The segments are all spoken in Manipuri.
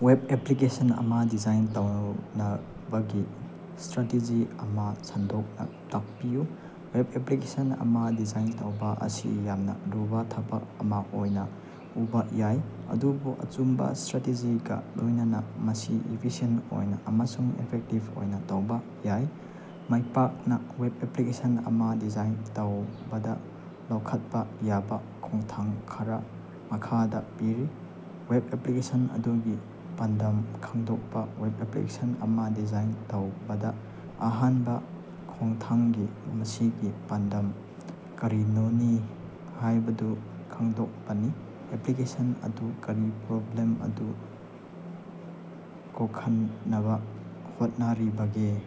ꯋꯦꯕ ꯑꯦꯄꯂꯤꯀꯦꯁꯟ ꯑꯃ ꯗꯤꯖꯥꯏꯟ ꯇꯧꯅꯕꯒꯤ ꯁ꯭ꯇꯔꯥꯇꯦꯖꯤ ꯑꯃ ꯁꯟꯗꯣꯛꯅ ꯇꯥꯛꯄꯤꯌꯨ꯫ ꯋꯦꯕ ꯑꯦꯄꯂꯤꯀꯦꯁꯟ ꯑꯃ ꯗꯤꯖꯥꯏꯟ ꯇꯧꯕ ꯑꯁꯤ ꯌꯥꯝꯅ ꯂꯨꯕ ꯊꯕꯛ ꯑꯃ ꯑꯣꯏꯅ ꯎꯕ ꯌꯥꯏ, ꯑꯗꯨꯕꯨ ꯑꯆꯨꯝꯕ ꯁ꯭ꯇꯔꯥꯇꯦꯖꯤꯒ ꯂꯣꯏꯅꯅ ꯃꯁꯤ ꯏꯐꯤꯁꯤꯑꯦꯟꯇ ꯑꯣꯏꯅ ꯑꯃꯁꯨꯡ ꯏꯐꯦꯛꯇꯤꯕ ꯑꯣꯏꯅ ꯇꯧꯕ ꯌꯥꯏ꯫ ꯃꯥꯏꯄꯥꯛꯅ ꯋꯦꯕ ꯑꯦꯣꯂꯤꯀꯦꯁꯟ ꯑꯃ ꯗꯤꯖꯥꯏꯟ ꯇꯧꯕꯗ ꯂꯧꯈꯠꯄ ꯌꯥꯕ ꯈꯣꯡꯊꯥꯡ ꯈꯔꯥ ꯃꯈꯥꯗꯥ ꯄꯤꯔꯤ: ꯋꯦꯕ ꯑꯦꯄꯂꯤꯀꯦꯁꯟ ꯑꯗꯨꯒꯤ ꯄꯥꯟꯗꯝ ꯈꯪꯗꯣꯛꯄ: ꯋꯦꯕ ꯑꯦꯄꯂꯤꯀꯦꯁꯟ ꯑꯃ ꯗꯤꯖꯥꯏꯟ ꯇꯧꯕꯗ ꯑꯍꯥꯟꯕ ꯈꯣꯡꯊꯥꯡꯗꯤ ꯃꯁꯤꯒꯤ ꯄꯥꯟꯗꯝ ꯀꯔꯤꯅꯣ ꯍꯥꯏꯕꯗꯨ ꯈꯪꯗꯣꯛꯄꯅꯤ꯫ ꯑꯦꯄꯂꯤꯀꯦꯁꯟ ꯑꯗꯨꯅ ꯀꯔꯤ ꯄ꯭ꯔꯣꯕ꯭ꯂꯦꯝ ꯑꯗꯨ ꯀꯣꯛꯍꯟꯅꯕ ꯍꯣꯠꯅꯔꯤꯕꯒꯦ?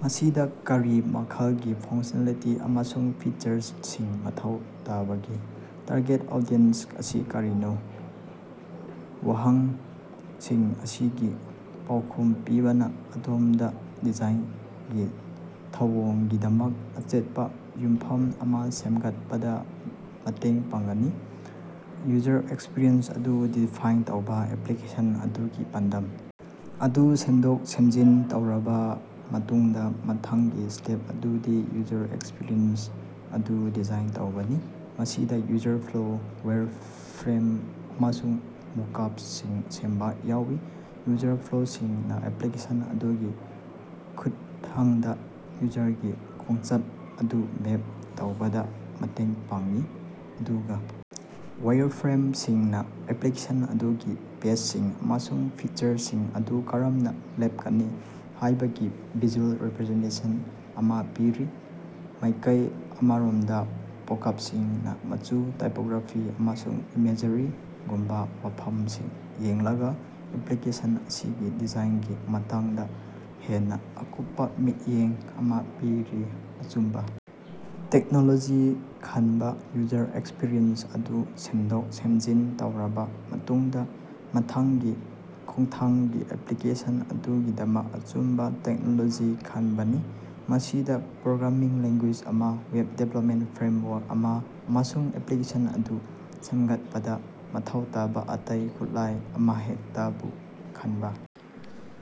ꯃꯁꯤꯗ ꯀꯔꯤ ꯃꯈꯜꯒꯤ ꯐꯪꯀꯁꯅꯦꯂꯤꯇꯤ ꯑꯃꯁꯨꯡ ꯐꯤꯆꯔꯁꯤꯡ ꯃꯊꯧ ꯇꯥꯕꯒꯦ? ꯇꯥꯔꯒꯦꯠ ꯑꯣꯗꯤꯁꯟ ꯑꯁꯤ ꯀꯅꯥꯅꯣ? ꯋꯥꯍꯪꯁꯤꯡ ꯑꯁꯤꯒꯤ ꯄꯥꯎꯈꯨꯝ ꯄꯤꯕꯅ ꯑꯗꯣꯝꯗ ꯗꯤꯖꯥꯏꯟꯒꯤ ꯊꯧꯑꯣꯡꯒꯤꯗꯃꯛ ꯑꯆꯦꯠꯄ ꯌꯨꯝꯐꯝ ꯑꯃ ꯁꯦꯝꯒꯠꯄꯗ ꯃꯇꯦꯡ ꯄꯥꯡꯒꯅꯤ꯫ ꯌꯨꯖꯔ ꯑꯦꯛꯁꯄꯤꯔꯤꯑꯦꯟꯁ ꯑꯗꯨ ꯗꯤꯐꯥꯏꯟ ꯇꯧꯕ: ꯑꯦꯄꯂꯤꯀꯦꯁꯟ ꯑꯗꯨꯒꯤ ꯄꯥꯟꯗꯝ ꯑꯗꯨ ꯁꯦꯝꯗꯣꯛ-ꯁꯦꯝꯖꯤꯟ ꯇꯧꯔꯕ ꯃꯇꯨꯡꯗ ꯃꯊꯪꯒꯤ ꯁ꯭ꯇꯦꯞ ꯑꯗꯨꯗꯤ ꯌꯨꯖꯔ ꯑꯦꯛꯁꯄꯤꯔꯤꯑꯦꯟꯁ ꯑꯗꯨ ꯗꯤꯖꯥꯏꯟ ꯇꯧꯕꯅꯤ꯫ ꯃꯁꯤꯗ ꯌꯨꯖꯔ ꯐ꯭ꯂꯣ, ꯋꯥꯏꯔꯐ꯭ꯔꯦꯝ, ꯑꯃꯁꯨꯡ ꯃꯣꯛꯄꯁꯤꯡ ꯁꯦꯝꯕ ꯌꯥꯎꯏ꯫ ꯌꯨꯖꯔ ꯐ꯭ꯂꯣꯁꯤꯡꯅ ꯑꯦꯄꯂꯤꯀꯦꯁꯟ ꯑꯗꯨꯒꯤ ꯈꯨꯠꯊꯥꯡꯗ ꯌꯨꯖꯔꯒꯤ ꯈꯣꯡꯆꯠ ꯑꯗꯨ ꯃꯦꯞ ꯇꯧꯕꯗ ꯃꯇꯦꯡ ꯄꯥꯡꯏ, ꯑꯗꯨꯒ ꯋꯥꯏꯔꯐ꯭ꯔꯦꯝꯁꯤꯡꯅ ꯑꯦꯄꯂꯤꯀꯦꯁꯟ ꯑꯗꯨꯒꯤ ꯄꯦꯖꯁꯤꯡ ꯑꯃꯁꯨꯡ ꯐꯤꯆꯔꯁꯤꯡ ꯑꯗꯨ ꯀꯔꯝꯅ ꯂꯦꯞꯀꯅꯤ ꯍꯥꯏꯕꯒꯤ ꯚꯤꯖꯨꯑꯦꯜ ꯔꯤꯄꯔꯖꯦꯟꯇꯦꯁꯟ ꯑꯃ ꯄꯤꯔꯤ꯫ ꯃꯥꯏꯀꯩ ꯑꯃꯔꯣꯝꯗ ꯃꯣꯛꯄꯁꯤꯡꯅ ꯃꯆꯨ, ꯇꯥꯏꯄꯒ꯭ꯔꯥꯐꯤ, ꯑꯃꯁꯨꯡ ꯏꯃꯦꯖꯔꯤꯒꯨꯝꯕ ꯋꯥꯐꯝꯁꯤꯡ ꯌꯦꯡꯂꯒ ꯑꯦꯄꯂꯤꯀꯦꯁꯟ ꯑꯁꯤꯒꯤ ꯗꯤꯖꯥꯏꯅꯒꯤ ꯃꯇꯥꯡꯗ ꯍꯦꯟꯅ ꯑꯀꯨꯞꯄ ꯃꯤꯠꯌꯦꯡ ꯑꯃ ꯄꯤꯔꯤ꯫ ꯑꯆꯨꯝꯕ ꯇꯦꯛꯅꯣꯂꯣꯖꯤ ꯈꯟꯕ: ꯌꯨꯖꯔ ꯑꯦꯛꯁꯄꯤꯔꯤꯑꯦꯟꯁ ꯑꯗꯨ ꯁꯦꯝꯗꯣꯛ-ꯁꯦꯝꯖꯤꯟ ꯇꯧꯔꯕ ꯃꯇꯨꯡꯗ ꯃꯊꯪꯒꯤ ꯈꯣꯡꯊꯥꯡꯗꯤ ꯑꯦꯄꯂꯤꯀꯦꯁꯟ ꯑꯗꯨꯒꯤꯗꯃꯛ ꯑꯆꯨꯝꯕ ꯇꯦꯛꯅꯣꯂꯣꯖꯤ ꯈꯟꯕꯅꯤ꯫ ꯃꯁꯤꯗ ꯄ꯭ꯔꯣꯒ꯭ꯔꯥꯃꯤꯡ ꯂꯦꯡꯒꯨꯌꯦꯖ ꯑꯃ, ꯋꯦꯕ ꯗꯤꯚꯦꯂꯄꯃꯦꯟꯇ ꯐ꯭ꯔꯦꯝꯋꯥꯔꯛ ꯑꯃ, ꯑꯃꯁꯨꯡ ꯑꯦꯄꯂꯤꯀꯦꯁꯟ ꯑꯗꯨ ꯁꯦꯝꯒꯠꯄꯗ ꯃꯊꯧ ꯇꯥꯕꯥ ꯑꯇꯩ ꯈꯨꯠꯂꯥꯏ ꯑꯃꯍꯦꯛꯇꯕꯨ ꯈꯟꯕ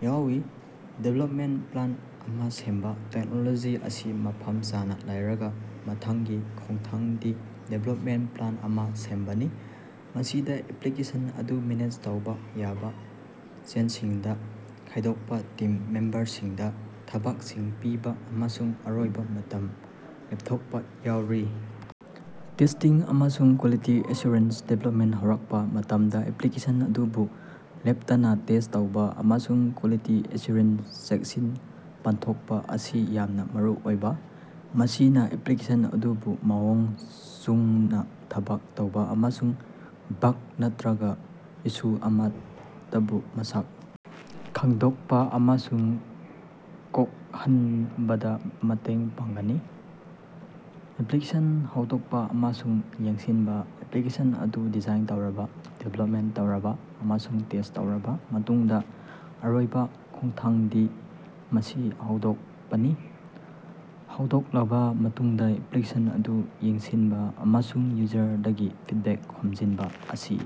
ꯌꯥꯎꯏ꯫ ꯗꯤꯕꯦꯂꯄꯃꯦꯟꯇ ꯄ꯭ꯂꯥꯟ ꯑꯃ ꯁꯦꯝꯕ: ꯇꯦꯛꯅꯣꯂꯣꯖꯤ ꯑꯁꯤ ꯃꯐꯝ ꯆꯥꯅ ꯂꯩꯔꯒ ꯃꯊꯪꯒꯤ ꯈꯣꯡꯊꯥꯡꯗꯤ ꯗꯤꯕꯦꯂꯄꯃꯦꯟꯇ ꯄ꯭ꯂꯥꯟ ꯑꯃ ꯁꯦꯝꯕꯅꯤ꯫ ꯃꯁꯤꯗ ꯑꯦꯄꯂꯤꯀꯦꯁꯟ ꯑꯗꯨ ꯃꯦꯅꯦꯖ ꯇꯧꯕ ꯌꯥꯕ ꯆꯦꯡꯁꯤꯡꯗ ꯈꯥꯏꯗꯣꯛꯄ, ꯇꯤꯝ ꯃꯦꯝꯕꯔꯁꯤꯡꯗ ꯊꯕꯛꯁꯤꯡ ꯄꯤꯕ ꯑꯃꯁꯨꯡ ꯑꯔꯣꯏꯕ ꯃꯇꯝ ꯂꯦꯄꯊꯣꯛꯄ ꯌꯥꯎꯔꯤ꯫ ꯇꯦꯁ꯭ꯇꯤꯡ ꯑꯃꯁꯨꯡ ꯀ꯭ꯕꯥꯂꯤꯇꯤ ꯑꯦꯁꯨꯔꯦꯟꯁ: ꯗꯤꯕꯦꯂꯄꯃꯦꯟꯇ ꯍꯧꯔꯛꯄ ꯃꯇꯝꯗ ꯑꯦꯄꯂꯤꯀꯦꯁꯟ ꯑꯗꯨ ꯂꯦꯞꯇꯅ ꯇꯦꯁ꯭ꯠ ꯇꯧꯕ ꯑꯃꯁꯨꯡ ꯀ꯭ꯕꯥꯂꯤꯇꯤ ꯑꯦꯁꯨꯔꯦꯟꯁ ꯆꯦꯛꯁꯤꯡ ꯄꯥꯡꯊꯣꯛꯄ ꯑꯁꯤ ꯌꯥꯝꯅ ꯃꯔꯨꯑꯣꯏ꯫ ꯃꯁꯤꯅ ꯑꯦꯄꯂꯤꯀꯦꯁꯟ ꯑꯗꯨ ꯃꯑꯣꯡ ꯆꯨꯝꯅ ꯊꯕꯛ ꯇꯧꯕ ꯑꯃꯁꯨꯡ ꯕꯥꯒ ꯅꯠꯇꯔꯒ ꯏꯁꯨ ꯑꯃꯍꯦꯛꯇꯕꯨ ꯃꯁꯛ ꯈꯪꯗꯣꯛꯄ ꯑꯃꯁꯨꯡ ꯀꯣꯛꯍꯟꯕꯗ ꯃꯇꯦꯡ ꯄꯥꯡꯒꯅꯤ꯫ ꯑꯦꯄꯂꯤꯀꯦꯁꯟ ꯍꯧꯗꯣꯛꯄ ꯑꯃꯁꯨꯡ ꯌꯦꯡꯁꯤꯟꯕ: ꯑꯦꯄꯂꯤꯀꯦꯁꯟ ꯑꯗꯨ ꯗꯤꯖꯥꯏꯟ ꯇꯧꯔꯕ, ꯗꯤꯕꯦꯂꯞ ꯇꯧꯔꯕ ꯑꯃꯁꯨꯡ ꯇꯦꯁ꯭ꯠ ꯇꯧꯔꯕ ꯃꯇꯨꯡꯗ ꯑꯔꯣꯏꯕ ꯈꯣꯡꯊꯥꯡꯗꯤ ꯃꯁꯤ ꯍꯧꯗꯣꯛꯄꯅꯤ꯫ ꯍꯧꯗꯣꯛꯂꯕ ꯃꯇꯨꯡꯗ ꯑꯦꯄꯂꯤꯀꯦꯁꯟ ꯑꯗꯨ ꯌꯦꯡꯁꯤꯟꯕ ꯑꯃꯁꯨꯡ ꯌꯨꯖꯔꯁꯤꯡꯗꯒꯤ ꯐꯤꯗꯕꯦꯛ ꯈꯣꯝꯖꯤꯟꯕ ꯑꯁꯤ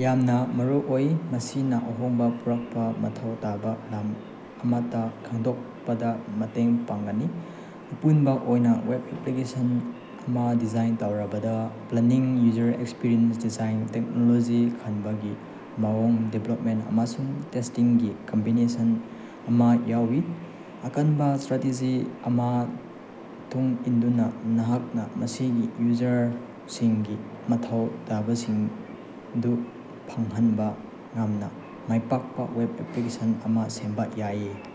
ꯌꯥꯝꯅ ꯃꯔꯨꯑꯣꯏ꯫ ꯃꯁꯤꯅ ꯑꯍꯣꯡꯕ ꯄꯨꯔꯛꯄ ꯃꯊꯧ ꯇꯥꯕ ꯂꯝ ꯑꯃꯠꯇ ꯈꯪꯗꯣꯛꯄꯗ ꯃꯇꯦꯡ ꯄꯥꯡꯒꯅꯤ꯫ ꯑꯄꯨꯟꯕ ꯑꯣꯏꯅ ꯋꯦꯕ ꯑꯦꯄꯂꯤꯀꯦꯁꯟ ꯑꯃ ꯗꯤꯖꯥꯏꯟ ꯇꯧꯕꯗꯥ planning, user experience design, technology ꯈꯟꯕꯒꯤ ꯃꯑꯣꯡ, ꯗꯤꯕꯦꯂꯄꯃꯦꯟꯇ, ꯑꯃꯁꯨꯡ ꯇꯦꯁ꯭ꯇꯤꯡꯒꯤ ꯀꯝꯕꯤꯅꯦꯁꯟ ꯑꯃ ꯌꯥꯎꯏ꯫ ꯑꯀꯟꯕꯥ ꯁ꯭ꯇꯔꯥꯇꯦꯖꯤ ꯑꯃ ꯇꯨꯡ ꯏꯟꯗꯨꯅ, ꯅꯍꯥꯛꯅ ꯃꯁꯤꯒꯤ ꯌꯨꯖꯔꯁꯤꯡꯒꯤ ꯃꯊꯧ ꯇꯥꯕꯁꯤꯡꯗꯨ ꯐꯪꯍꯟꯕ ꯉꯝꯕ ꯃꯥꯏꯄꯥꯛꯄ ꯋꯦꯕ ꯑꯦꯄꯂꯤꯀꯦꯁꯟ ꯑꯃ ꯁꯦꯝꯕ ꯌꯥꯏ꯫।